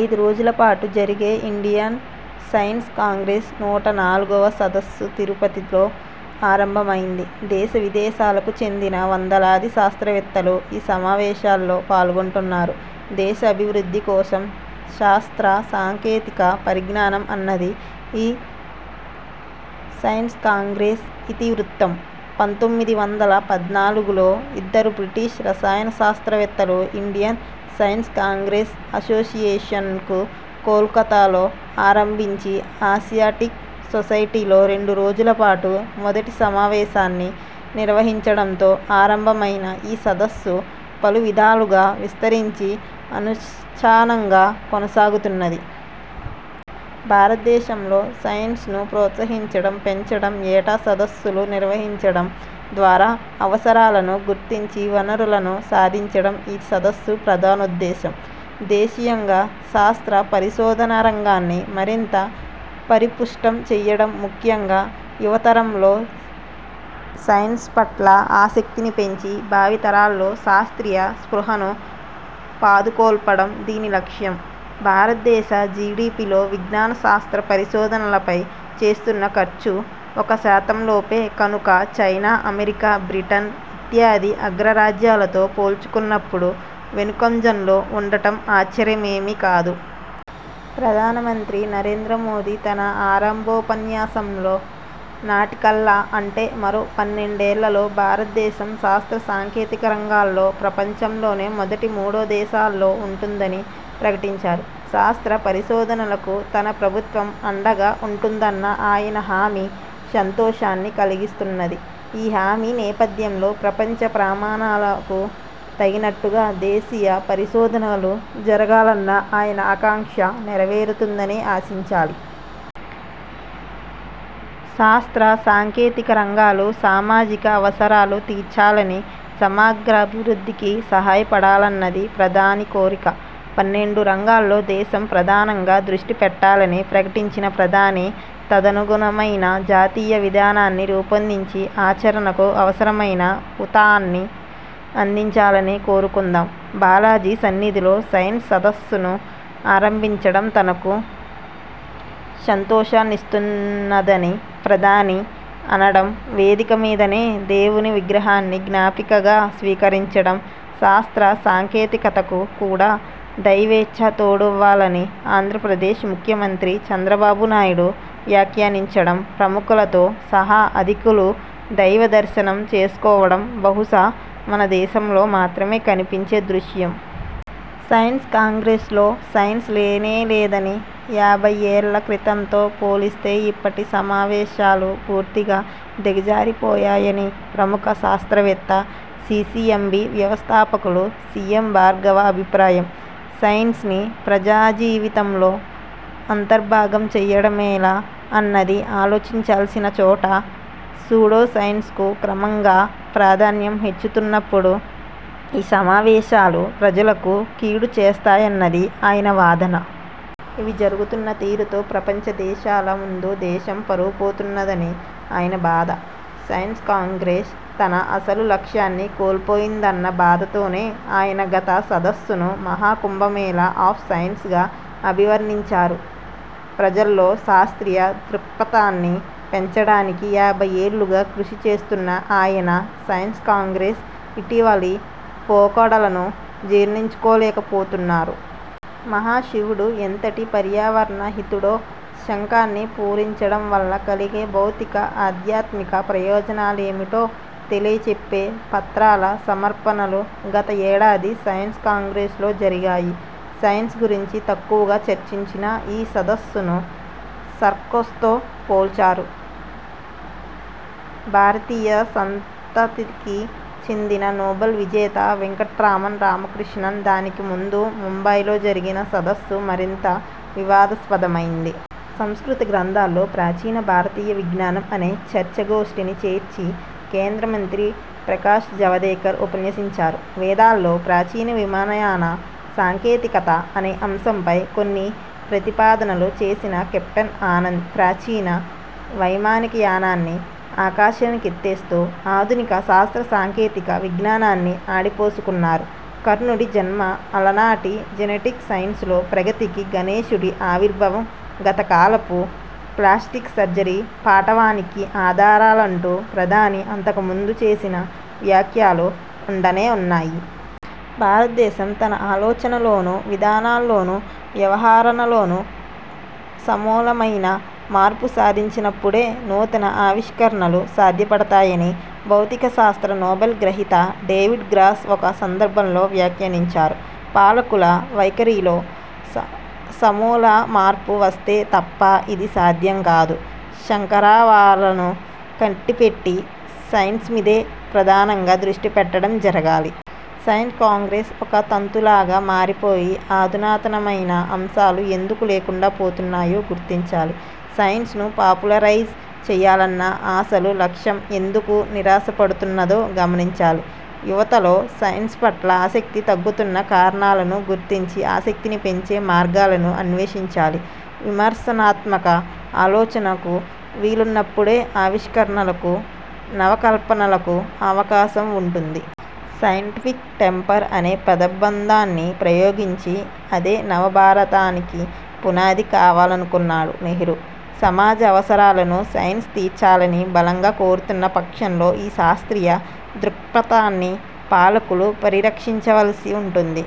ఐదురోజుల పాటు జరిగే Indian science Congress నూట నాలుగువ సదస్సు తిరుపతితో ఆరంభమైంది. దేశవిదేశాలకు చెందిన వందలాది శాస్త్రవేత్తలు ఈ సమావేశాల్లో పాల్గొంటున్నారు. 'దేశాభివృద్ధి కోసం శాస్త్ర సాంకేతిక పరిజ్ఞానం' అన్నది ఈ సైన్స్కాంగ్రెస్ ఇతి వృత్తం. పంతొమ్మిది వందల పద్నాలుగులో ఇద్దరు బ్రిటిష్ రసాయనశాస్త్రవేత్తలు ఇండియన్ సైన్స్కాంగ్రెస్ అసోసియేషన్కు కోల్కతాలో ఆరంభించి, ఆసియాటిక్ సొసైటీలో రెండురోజులపాటు మొదటి సమావేశాన్ని నిర్వహించడంతో ఆరంభమైన ఈసదస్సు పలువిధాలుగా విస్తరించి అనూచానంగా కొనసాగుతున్నది. భారతదేశంలో సైన్స్ను ప్రోత్సహించడం, పెంచడం, ఏటా సదస్సులు నిర్వహించడం ద్వారా అవసరాలను గుర్తించి వనరులను సాధించడం ఈ సదస్సు ప్రధానోద్దేశం. దేశీయంగా శాస్త్ర, పరిశోధనారంగాన్ని మరింత పరిపుష్టం చేయడం, ముఖ్యంగా యువతరంలో సైన్స్పట్ల ఆసక్తిని పెంచి, భావితరాల్లో శాస్త్రీయ స్పృహను పాదుకొల్పడం దీని లక్ష్యం. భారతదేశ జీడీపీలో విజ్ఞానశాస్త్ర పరిశోధనలపై చేస్తున్న ఖర్చు ఒకశాతంలోపే కనుక, చైనా, అమెరికా, బ్రిటన్ ఇత్యాది అగ్రరాజ్యాలతో పోల్చుకున్నప్పుడు వెనుకంజలో ఉండటం ఆశ్చర్యమేమీ కాదు. ప్రధానమంత్రి నరేంద్రమోదీ తన ఆరంభోపన్యాసంలో నాటికల్లా అంటే మరో పన్నెండేళ్ళలో భారతదేశం శాస్త్ర సాంకేతికరంగాల్లో ప్రపంచంలోనే మొదటి మూడుదేశాల్లో ఉంటుందని ప్రకటించారు. శాస్త్ర పరిశోధనలకు తన ప్రభుత్వం అండగా ఉంటుందన్న ఆయన హామీ సంతోషాన్ని కలిగిస్తున్నది. ఈ హామీ నేపథ్యంలో, ప్రపంచ ప్రమాణాలకు తగినట్టుగా దేశీయపరిశోధనలు జరగాలన్న ఆయన ఆకాంక్ష నెరవేరుతుందనే ఆశించాలి. శాస్త్ర సాంకేతిక రంగాలు సామాజిక అవసరాలు తీర్చాలనీ, సమగ్రాభివృద్ధికి సహాయపడాలన్నది ప్రధాని కోరిక. పన్నెండు రంగాల్లో దేశం ప్రధానంగా దృష్టిపెట్టాలని ప్రకటించిన ప్రధాని తదనుగుణమైన జాతీయ విధానాన్ని రూపొందించి ఆచరణకు అవసరమైన ఊతాన్ని అందించాలని కోరుకుందాం. బాలాజీ సన్నిధిలో సైన్స్ సదస్సును ఆరంభించడం తనకు సంతోషాన్నిస్తున్నదని ప్రధాని అనడం, వేదికమీదనే దేవుని విగ్రహాన్ని జ్ఞాపికగా స్వీకరించడం, శాస్త్ర సాంకేతికతకు కూడా దైవేచ్ఛ తోడువ్వలని ఆంధ్రప్రదేశ్ ముఖ్యమంత్రి చంద్రబాబు నాయుడు వ్యాఖ్యానించడం, ప్రముఖులతో సహా అధికులు దైవ దర్శనం చేసుకోవడం బహుశా మనదేశంలో మాత్రమే కనిపించే దృశ్యం. సైన్స్కాంగ్రెస్లో సైన్స్ లేనేలేదనీ, యాభైయ్యేళ్ళ క్రితంతో పోలిస్తే ఇప్పటి సమావేశాలు పూర్తిగా దిగజారిపోయాయని ప్రముఖ శాస్త్రవేత్త, సీసీఎంబీ వ్యవస్థాపకులు పీఎం భార్గవ అభిప్రాయం. సైన్స్ని ప్రజాజీవితంలో అంతర్భాగం చేయడమెలా అన్నది ఆలోచించాల్సిన చోట, సూడోసైన్స్కు క్రమంగా ప్రాధాన్యం హెచ్చుతున్నప్పుడు ఈ సమావేశాలు ప్రజలకు కీడుచేస్తాయన్నది ఆయన వాదన. ఇవి జరుగుతున్న తీరుతో ప్రపంచదేశాల ముందు దేశం పరువుపోతున్నదని ఆయన బాధ. సైన్స్కాంగ్రెస్ తన అసలు లక్ష్యాన్ని కోల్పోయిందన్న బాధతోనే ఆయన గత సదస్సును 'మహాకుంభమేళా ఆఫ్ సైన్స్' గా అభివర్ణించారు. ప్రజల్లో శాస్త్రీయ దృక్పథాన్ని పెంచడానికి యాభైయ్యేళ్ళుగా కృషి చేస్తున్న ఆయన, సైన్స్కాంగ్రెస్ ఇటీవలి పోకడలను జీర్ణించుకోలేకపోతున్నారు. మహాశివుడు ఎంతటి పర్యావరణ హితుడో, శంఖాన్ని పూరించడంవల్ల కలిగే భౌతిక, ఆధ్యాత్మిక ప్రయోజనాలేమిటో తెలియచెప్పే పత్రాల సమర్పణలు గత ఏడాది సైన్స్కాంగ్రెస్లో జరిగాయి. సైన్స్ గురించి తక్కువగా చర్చించిన ఈ సదస్సును సర్కస్తో పోల్చారు భారతీయ సంతతికి చెందిన నోబెల్ విజేత వెంకట్రామన్ రామకృష్ణన్. దానికి ముందు ముంబైలోజరిగిన సదస్సు మరింత వివాదాస్పదమైంది. సంస్కృతి గ్రంథాల్లో ప్రాచీన భారతీయ విజ్ఞానం అనే చర్చాగోష్ఠిని చేర్చి కేంద్రమంత్రి ప్రకాష్ జవదేకర్ ఉపన్యసించారు. 'వేదాల్లో ప్రాచీన విమానయాన సాంకేతికత' అనే అంశంపై కొన్ని ప్రతిపాదనలు చేసిన కెప్టెన్ ఆనంద్ ప్రాచీన వైమానికయానాన్ని ఆకాశానికెత్తేస్తూ ఆధునిక శాస్త్ర సాంకేతిక విజ్ఞానాన్ని ఆడిపోసుకున్నారు. కర్ణుడి జన్మ అలనాటి జెనెటిక్ సైన్సులో ప్రగతికీ, గణేషుడి ఆవిర్భావం గతకాలపు ప్లాస్టిక్ సర్జరీ పాటవానికీ ఆధారాలంటూ ప్రధాని అంతకుముందు చేసిన వ్యాఖ్యలు ఉండనే ఉన్నాయి. భారతదేశం తన ఆలోచనలోనూ, విధానాల్లోనూ, వ్యవహరణలోనూ సమూలమైన మార్పు సాధించినప్పుడే నూతన ఆవిష్కరణలు సాధ్యపడతాయని భౌతికశాస్త్ర నోబెల్ గ్రహీత డేవిడ్ గ్రాస్ ఒక సందర్భంలో వ్యాఖ్యానించారు. పాలకుల వైఖరిలో సమూల మార్పు వస్తే తప్ప ఇది సాధ్యం కాదు. శంఖారావాలను కట్టిపెట్టి సైన్స్మీదే ప్రధానంగా దృష్టిపెట్టడం జరగాలి. సైన్స్ కాంగ్రెస్ ఒక తంతులాగా మారిపోయి, ఆధునాతనమైన అంశాలు ఎందుకు లేకుండా పోతున్నాయో గుర్తించాలి. సైన్స్ను పాపులరైజ్ చేయాలన్న అసలు లక్ష్యం ఎందుకు నీరసపడుతున్నదో గమనించాలి. యువతలో సైన్స్పట్ల ఆసక్తి తగ్గుతున్న కారణాలను గుర్తించి, ఆసక్తిని పెంచే మార్గాలను అన్వేషించాలి. విమర్శనాత్మక ఆలోచనకు వీలున్నప్పుడే ఆవిష్కరణలకూ నవకల్పనలకూ అవకాశం ఉంటుంది. సైంటిఫిక్ టెంపర్ అనే పదబంధాన్ని ప్రయోగించి అదే నవభారతానికి పునాది కావాలనుకున్నాడు నెహ్రూ. సమాజ అవసరాలను సైన్స్ తీర్చాలని బలంగా కోరుతున్న పక్షంలో ఈ శాస్త్రీయ దృక్పథాన్ని పాలకులు పరిరక్షించవలసి ఉంటుంది.